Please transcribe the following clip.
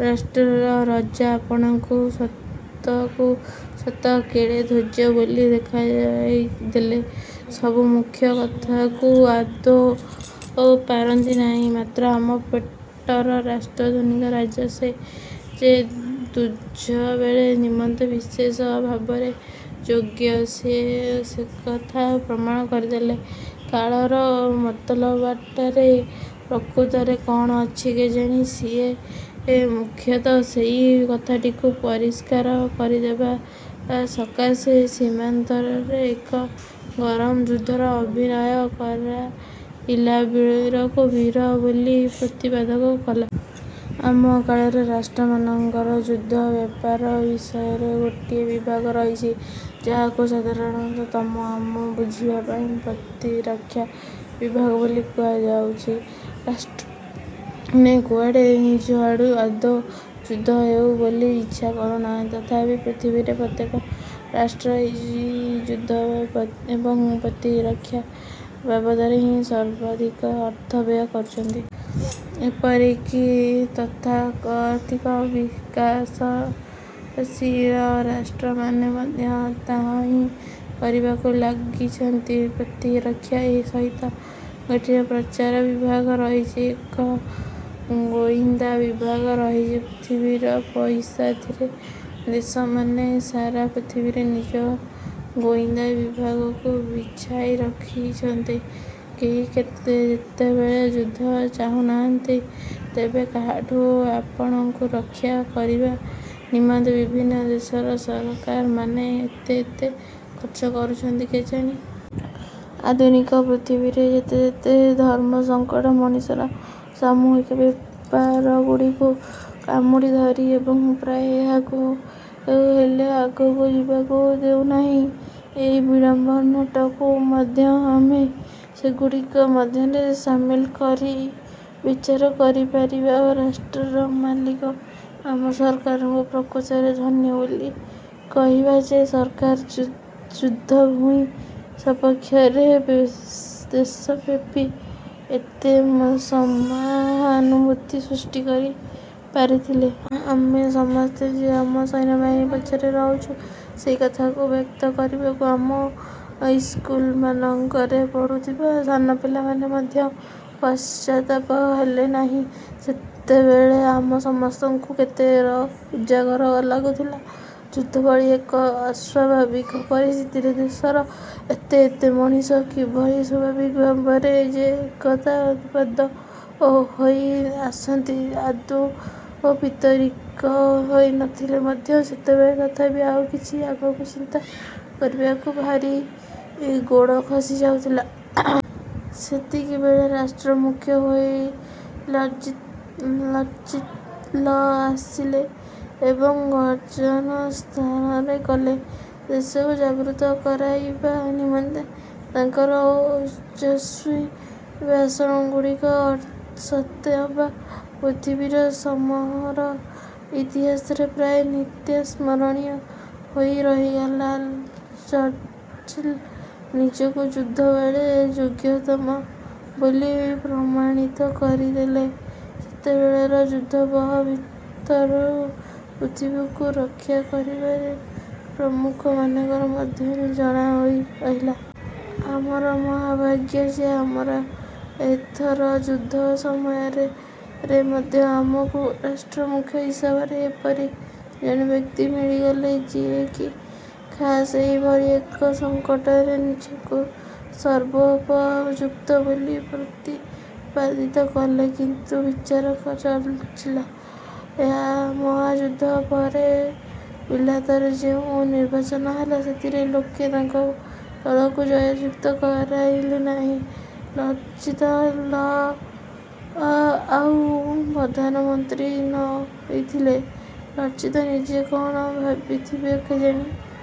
ରାଷ୍ଟ୍ରର ରଜା ଆପଣାକୁ ସତକୁ ସତ କେଡ଼େ ଯୋଗ୍ୟ ବୋଲି ଦେଖାଇଦେଲେ। ସବୁ ମୁଖ୍ୟ କଥାକୁ ଆଦୌ ପାରନ୍ତି ନାହିଁ। ମାତ୍ର ଆମ ପଟର ରାଷ୍ଟ୍ରାଧିରାଜ ଯେ ଯୁଦ୍ଧବେଳ ନିମନ୍ତେ ବିଶେଷ ଭାବରେ ଯୋଗ୍ୟ, ସିଏ ସେକଥା ପ୍ରମାଣ କରିଦେଲେ। କାଳର ମତଲବଟାରେ ପ୍ରକୃତରେ କଣ ଅଛି କେଜାଣି ସିଏ ମୁଖ୍ୟତଃ ସେହି କଥାଟିକୁ ପରିଷ୍କାର କରିଦେବା ସକାଶେ ସୀମାନ୍ତରେ ଏକ ଗରମ ଯୁଦ୍ଧର ଅଭିନୟ କରାଇଲା, ବୀରକୁ ବୀର ବୋଲି ପ୍ରତିପାଦିତ କଲା। ଆମ କାଳରେ ରାଷ୍ଟ୍ରମାନଙ୍କର ଯୁଦ୍ଧ ବ୍ୟାପାର ବିଷୟରେ ଗୋଟିଏ ବିଭାଗ ରହିଛି, ଯାହାକୁ ସାଧାରଣ ତମ ଆମ ବୁଝିବା ପାଇଁ ପ୍ରତିରକ୍ଷା ବିଭାଗ ବୋଲି କୁହାଯାଉଛି। ରାଷ୍ଟ୍ରମାନେ କୁଆଡ଼େ ନିଜଆଡ଼ୁ ଆଦୌ ଯୁଦ୍ଧ ହେଉ ବୋଲି ଇଚ୍ଛା କରୁନାହାନ୍ତି। ତଥାପି ପୃଥିବୀରେ ପ୍ରତ୍ୟେକ ରାଷ୍ଟ୍ର ଏହି ଯୁଦ୍ଧ ଏବଂ ପ୍ରତିରକ୍ଷା ବାବଦରେ ହିଁ ସର୍ବାଧିକ ଅର୍ଥ ବ୍ୟୟ କରୁଛନ୍ତି। ଏପରିକି ତଥାକଥିତ ବିକାଶଶୀଳ ରାଷ୍ଟ୍ରମାନେ ମଧ୍ୟ ତାହାହିଁ କରିବାରେ ଲାଗିଛନ୍ତି। ପ୍ରତିରକ୍ଷା ସହିତ ଗୋଟିଏ ପ୍ରଚାର ବିଭାଗ ରହିଛି, ଏକ ଗୋଇନ୍ଦା ବିଭାଗ ରହିଛି। ପୃଥିବୀର ପଇସାଥିବା ଦେଶମାନେ ସାରା ପୃଥିବୀରେ ନିଜ ଗୋଇନ୍ଦା ବିଭାଗକୁ ବିଛାଇ ରଖିଛନ୍ତି। କେହି ଯେତେବେଳେ ଯୁଦ୍ଧ ଚାହୁନାହାନ୍ତି, ତେବେ କାହାଠାରୁ ଆପଣାକୁ ରକ୍ଷା କରିବା ନିମନ୍ତେ ବିଭିନ୍ନ ଦେଶର ସରକାରମାନେ ଏତେ ଏତେ ଖର୍ଚ୍ଚ କରୁଛନ୍ତି କେଜାଣି? ଆଧୁନିକ ପୃଥିବୀରେ ଯେତେ ଯେତେ ଧର୍ମସଂକଟ ମଣିଷର ସାମୂହିକ ବ୍ୟାପାରଗୁଡ଼ିକୁ କାମୁଡ଼ି ଧରିଛି ଏବଂ ପ୍ରାୟ କାହାକୁ ହେଲେ ଆଗକୁ ଯିବାକୁ ଦେଉନାହିଁ, ଏହି ବିଡ଼ମ୍ବନାଟିକୁ ମଧ୍ୟ ଆମେ ସେଗୁଡ଼ିକ ମଧ୍ୟରେ ସାମିଲ କରି ବିଚାର କରିପାରିବା। ରାଷ୍ଟ୍ରର ମାଲିକ ଆମ ସରକାରଙ୍କୁ ପ୍ରକୃତରେ ଧନ୍ୟ ବୋଲି କହିବା ଯେ ସରକାର ଯୁଦ୍ଧଭୂଇଁ ସପକ୍ଷରେ ଦେଶବ୍ୟାପୀ ଏତେ ସହାନୁଭୂତି ସୃଷ୍ଟି କରି ପାରିଥିଲେ। ଆମେ ସମସ୍ତେ ଯେ ଆମ ସୈନ୍ୟବାହିନୀ ପଛରେ ରହିଛୁ ସେହି କଥାଟିକୁ ବ୍ୟକ୍ତ କରିବାକୁ ଆମ ଇସ୍କୁଲମାନଙ୍କରେ ପଢୁଥିବା ସାନ ପିଲାମାନେ ମଧ୍ୟ ପଶ୍ଚାତପ ହେଲେ ନାହିଁ। ସେତେବେଳେ ଆମ ସମସ୍ତଙ୍କୁ କେତେ ଉଜାଗର ଲାଗୁଥିଲା। ଯୁଦ୍ଧଭଳି ଏକ ଅସ୍ୱାଭାବିକ ପରିସ୍ଥିତିରେ ଦେଶର ଏତେ ଏତେ ମଣିଷ କିଭଳି ସ୍ୱାଭାବିକ ଭାବରେ ଯେ ଏକତାବଦ୍ଧ ହୋଇ ଆସନ୍ତି, ଆଦୌ ପ୍ରୀତିକର ହୋଇ ନଥିଲେ ମଧ୍ୟ ସେତେବେଳେ ତଥାପି ଆଉ କିଛି ଆଗକୁ ଚିନ୍ତା କରିବାକୁ ଭାରି ଗୋଡ଼ ଖସି ଯାଉଥିଲା। ସେତିକିବେଳେ ରାଷ୍ଟ୍ରମୁଖ୍ୟ ହୋଇ ଚର୍ଚ୍ଚିଲ ଆସିଲେ ଏବଂ ଗଜନିସ୍ତାରଣ କଲେ। ଦେଶକୁ ଜାଗୃତ କରାଇବା ନିମନ୍ତେ ତାଙ୍କର ଓଜସ୍ୱୀ ଭାଷଣଗୁଡ଼ିକ ସତେଅବା ପୃଥିବୀର ସମର ଇତିହାସରେ ପ୍ରାୟ ନିତ୍ୟସ୍ମରଣୀୟ ହୋଇ ରହିଗଲା। ଚର୍ଚ୍ଚିଲ୍ ନିଜକୁ ଯୁଦ୍ଧବେଳେ ଯୋଗ୍ୟତମ ବୋଲି ପ୍ରମାଣିତ କରିଦେଲେ। ସେତେବେଳର ଯୁଦ୍ଧାବହ ଭିତରୁ ପୃଥିବୀକୁ ରକ୍ଷା କରିବାରେ ପ୍ରମୁଖମାନଙ୍କ ମଧ୍ୟରେ ଜଣେ ହୋଇ ରହିଲେ। ଆମର ମହାଭାଗ୍ୟ ଯେ ଆମର ଏଥରର ଯୁଦ୍ଧ ସମୟରେ ମଧ୍ୟ ଆମକୁ ରାଷ୍ଟ୍ରମୁଖ୍ୟ ହିସାବରେ ଏପରି ଜଣେ ବ୍ୟକ୍ତି ମିଳିଗଲେ ଯିଏକି ଖାସ୍ ଏହିଭଳି ଏକ ସଂକଟରେ ନିଜକୁ ସର୍ବୋପଯୁକ୍ତ ବୋଲି ପ୍ରତିପାଦିତ କଲେ କିନ୍ତୁ ବିଚରା ଚର୍ଚ୍ଚିଲ। ମହାଯୁଦ୍ଧ ପରେ ବିଲାତରେ ଯେଉଁ ନିର୍ବାଚନ ହେଲା, ସେଥିରେ ଲୋକେ ତାଙ୍କ ଦଳକୁ ଜୟଯୁକ୍ତ କରାଇଲେ ନାହିଁ। ଚର୍ଚ୍ଚିଲ ଆଉ ପ୍ରଧାନମନ୍ତ୍ରୀ ହୋଇନଥିଲେ। ଚର୍ଚ୍ଚିଲ ନିଜେ କଣ ଭାବିଥିବେ କେଜାଣି,